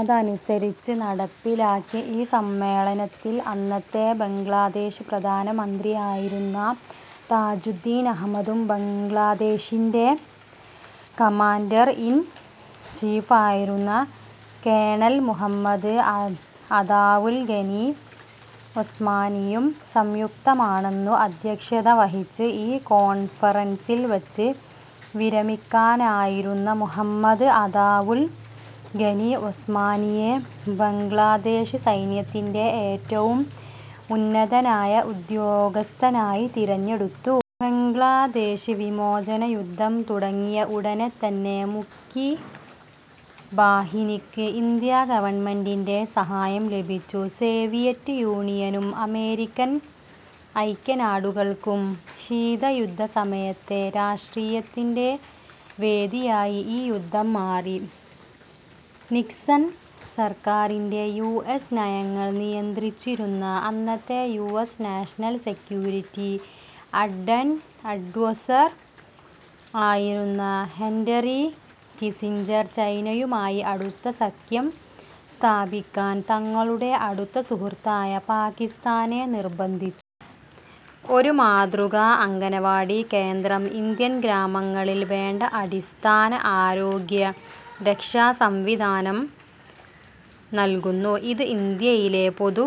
അതിനനുസരിച്ചു നടപ്പിലാക്കി. ഈ സമ്മേളനത്തിൽ അന്നത്തെ ബംഗ്ലാദേശ് പ്രധാനമന്ത്രിയായിരുന്ന താജുദ്ദീൻ അഹമ്മദും, ബംഗ്ലാദേശിന്റെ കമാന്റർ ഇൻ ചീഫ് ആയിരുന്ന കേണൽ മുഹമ്മദ് അതാവുൽ ഗനി ഒസ്മാനിയും സംയുക്തമായാണു അദ്ധ്യക്ഷത വഹിച്ചത്. ഈ കോൺഫറൻസിൽ വച്ച് വിരമിക്കാനിരുന്ന മുഹമ്മദ് അതാവുൽ ഗനി ഒസ്മാനിയെ ബംഗ്ലാദേശ് സൈന്യത്തിന്റെ ഏറ്റവും ഉന്നതനായ ഉദ്യോഗസ്ഥനായി തിരഞ്ഞെടുത്തു. ബംഗ്ലാദേസ് വിമോചന യുദ്ധം തുടങ്ങിയ ഉടനെതന്നെ മുക്തിബാഹിനിക്ക് ഇന്ത്യാ ഗവണ്മെന്റിന്റെ സഹായം ലഭിച്ചു. സോവിയറ്റ് യൂണിയനും അമെരിക്കൻ ഐക്യനാടുകൾക്കും ശീതയുദ്ധസമയത്തെ രാഷ്ട്രീയത്തിന്റെ വേദിയായി ഈ യുദ്ധം മാറി. നിക്സൻ സർക്കാരിന്റെ യു എസ് നയങ്ങൾ നിയന്ത്രിച്ചിരുന്ന അന്നത്തെ U S national security adviser ആയിരുന്ന ഹെന്റ്റി കിസിഞ്ചർ ചൈനയുമായി അടുത്ത സഖ്യം സ്ഥാപിക്കാൻ തങ്ങളുടെ അടുത്ത സുഹൃത്തായ പാകിസ്താനെ നിർബന്ധിച്ചു. ഒരു മാതൃകാ അംഗൻവാടികേന്ദ്രം ഇന്ത്യൻ ഗ്രാമങ്ങളിൽ വേണ്ട അടിസ്ഥാന ആരോഗ്യരക്ഷ സംവിധാനം നൽകുന്നു. ഇത് ഇന്ത്യയിലെ പൊതു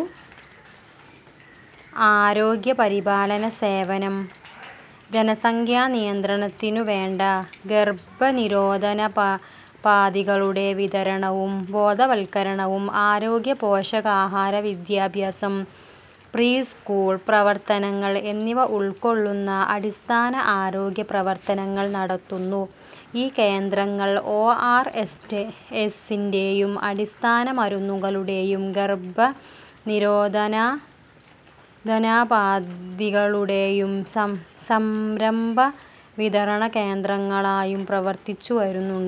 ആരോഗ്യപരിപാലനസേവനസംവിധാനത്തിന്റെ ഭാഗമാണ്. ജനസംഖ്യാനിയന്ത്രണത്തിനുവേണ്ട ഗർഭനിരോധനോപാധികളുടെ വിതരണവും ബോധവത്കരണവും, ആരോഗ്യ പോഷകാഹാരവിദ്യാഭ്യാസം, പ്രീസ്കൂൾ പ്രവർത്തനങ്ങൾ എന്നിവ ഉൾക്കൊള്ളുന്ന അടിസ്ഥാന ആരോഗ്യപ്രവത്തനങ്ങൾ നടത്തുന്നു. ഈ കേന്ദ്രങ്ങൾ, ഒ. ആർ. എസ്ന്റെയും അടിസ്ഥാന മരുന്നുകളുടെയും ഗർഭനിരോധനോപാധികളുടെയും സംഭരണവിതരണ കേന്ദ്രങ്ങളായും പ്രവർത്തിച്ചുവരുന്നുണ്ട്.